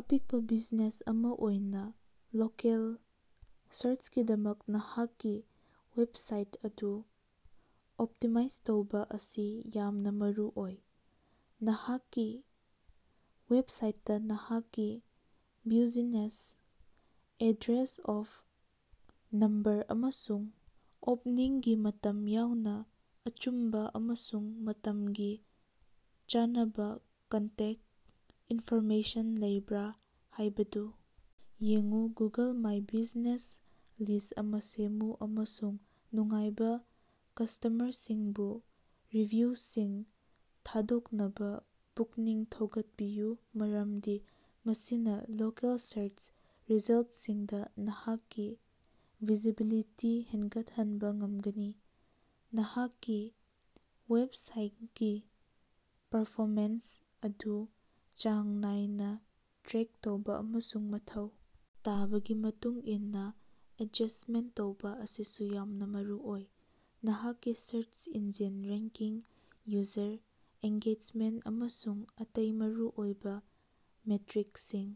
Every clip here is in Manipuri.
ꯑꯄꯤꯛꯄꯥ ꯕꯤꯖꯤꯅꯦꯁ ꯑꯃꯥ ꯑꯣꯏꯅꯥ ꯂꯣꯀꯦꯜ ꯁꯥꯔꯆꯀꯤꯗꯃꯛ ꯅꯍꯥꯛꯀꯤ ꯋꯦꯕꯁꯥꯏꯠ ꯑꯗꯨ ꯑꯣꯞꯇꯤꯃꯥꯏꯖ ꯇꯧꯕꯥ ꯑꯁꯤ ꯌꯥꯝꯅꯥ ꯃꯔꯨꯑꯣꯏ꯫ ꯅꯍꯥꯛꯀꯤ ꯋꯦꯕꯁꯥꯏꯠꯇꯥ ꯅꯍꯥꯛꯀꯤ ꯕ꯭ꯌꯨꯖꯤꯅꯦꯁ ꯑꯦꯗ꯭ꯔꯦꯁ ꯑꯣꯞ ꯅꯝꯕꯔ ꯑꯃꯁꯨꯡ ꯑꯣꯄꯅꯤꯡꯒꯤ ꯃꯇꯝ ꯌꯥꯎꯅꯥ ꯑꯆꯨꯝꯕꯥ ꯑꯃꯁꯨꯡ ꯃꯇꯝꯒꯥ ꯆꯥꯟꯅꯕꯥ ꯀꯟꯇꯦꯛ ꯏꯟꯐꯣꯔꯃꯦꯁꯟ ꯂꯩꯕ꯭ꯔꯥ ꯍꯥꯏꯕꯗꯨ ꯌꯦꯡꯎ꯫ ꯒꯨꯒꯜ ꯃꯥꯏ ꯕ꯭ꯌꯨꯖꯤꯅꯦꯁ ꯂꯤꯁ꯭ꯠ ꯑꯃꯥ ꯁꯦꯝꯃꯨ ꯑꯃꯁꯨꯡ ꯅꯨꯡꯉꯥꯏꯕꯥ ꯀꯁꯇꯃꯔꯁꯤꯡꯕꯨ ꯔꯤꯚꯤꯌꯨꯁꯤꯡ ꯊꯥꯗꯣꯛꯅꯕꯥ ꯄꯨꯛꯅꯤꯡ ꯊꯧꯒꯠꯄꯤꯌꯨ ꯃꯔꯝꯗꯤ ꯃꯁꯤꯅꯥ ꯂꯣꯀꯦꯜ ꯁꯥꯔꯆ ꯔꯤꯖꯜꯠꯁꯤꯡꯗꯥ ꯅꯍꯥꯛꯀꯤ ꯚꯤꯖꯤꯕꯤꯂꯤꯇꯤ ꯍꯦꯟꯒꯠꯍꯟꯕꯥ ꯉꯝꯒꯅꯤ꯫ ꯅꯍꯥꯛꯀꯤ ꯋꯦꯕꯁꯥꯏꯠꯀꯤ ꯄꯔꯐꯣꯃꯦꯟꯁ ꯑꯗꯨ ꯆꯥꯡ ꯅꯥꯏꯅꯥ ꯇ꯭ꯔꯦꯛ ꯇꯧꯕꯥ ꯑꯃꯁꯨꯡ ꯃꯊꯧ ꯇꯥꯕꯒꯤ ꯃꯇꯨꯡ ꯏꯟꯅꯥ ꯑꯦꯗꯖꯁ꯭ꯇꯃꯦꯟꯠ ꯇꯧꯕꯥ ꯑꯁꯤꯁꯨ ꯌꯥꯝꯅꯥ ꯃꯔꯨꯑꯣꯏ꯫ ꯅꯍꯥꯛꯀꯤ search engine ranking user engagement ꯑꯃꯁꯨꯡ ꯑꯇꯩ ꯃꯔꯨꯑꯣꯏꯕꯥ ꯃꯦꯇ꯭ꯔꯤꯛꯁꯤꯡ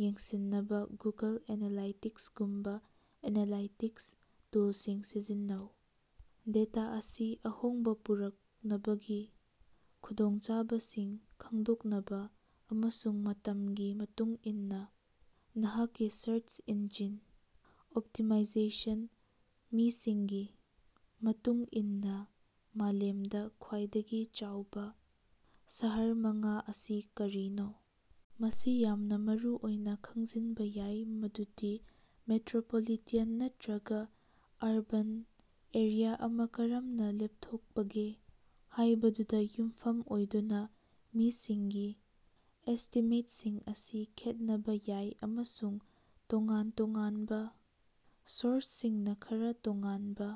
ꯌꯦꯡꯁꯤꯟꯅꯕꯥ ꯒꯨꯒꯜ ꯑꯦꯅꯥꯂꯥꯏꯇꯤꯛꯁꯒꯨꯝꯕꯥ ꯑꯦꯅꯥꯂꯥꯏꯇꯤꯛꯁ ꯇꯨꯜꯁꯤꯡ ꯁꯤꯖꯤꯟꯅꯧ꯫ ꯗꯦꯇꯥ ꯑꯁꯤ ꯑꯍꯣꯡꯕꯥ ꯄꯨꯔꯛꯅꯕꯒꯤ ꯈꯨꯗꯣꯡꯆꯥꯕꯁꯤꯡ ꯈꯪꯗꯣꯛꯅꯕꯥ ꯑꯃꯁꯨꯡ ꯃꯇꯝꯒꯤ ꯃꯇꯨꯡ ꯏꯟꯅꯥ ꯅꯍꯥꯛꯀꯤ ꯁꯔꯆ ꯏꯟꯖꯤꯟ ꯑꯣꯞꯇꯤꯃꯥꯏꯖꯦꯁꯟ ꯃꯤꯁꯤꯡꯒꯤ ꯃꯇꯨꯡ ꯏꯟꯅꯥ ꯃꯥꯂꯦꯝꯗꯥ ꯈ꯭ꯋꯥꯏꯗꯒꯤ ꯆꯥꯎꯕꯥ ꯁꯍꯔ ꯃꯉꯥ ꯑꯁꯤ ꯀꯔꯤꯅꯣ? ꯃꯁꯤ ꯌꯥꯝꯅꯥ ꯃꯔꯨꯑꯣꯏꯅꯥ ꯈꯪꯖꯤꯟꯕꯥ ꯌꯥꯏ ꯃꯗꯨꯗꯤ ꯃꯦꯇ꯭ꯔꯣꯄꯣꯂꯤꯇꯥꯟ ꯅꯠꯇ꯭ꯔꯒꯥ ꯑꯔꯕꯥꯟ ꯑꯦꯔꯤꯌꯥ ꯑꯃꯥ ꯀꯔꯝꯅꯥ ꯂꯦꯞꯊꯣꯛꯄꯒꯦ ꯍꯥꯏꯕꯗꯨꯗꯥ ꯌꯨꯝꯐꯝ ꯑꯣꯏꯗꯨꯅꯥ ꯃꯤꯁꯤꯡꯒꯤ ꯑꯦꯁꯇꯤꯃꯦꯠꯁꯤꯡ ꯑꯁꯤ ꯈꯦꯠꯅꯕꯥ ꯌꯥꯏ ꯑꯃꯁꯨꯡ ꯇꯣꯉꯥꯟ ꯇꯣꯉꯥꯟꯕꯥ ꯁꯣꯔꯁꯁꯤꯡꯅꯥ ꯈꯔꯥ ꯇꯣꯉꯥꯟꯕꯥ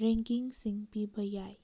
ꯔꯦꯡꯀꯤꯡꯁꯤꯡ ꯄꯤꯕꯥ ꯌꯥꯏ꯫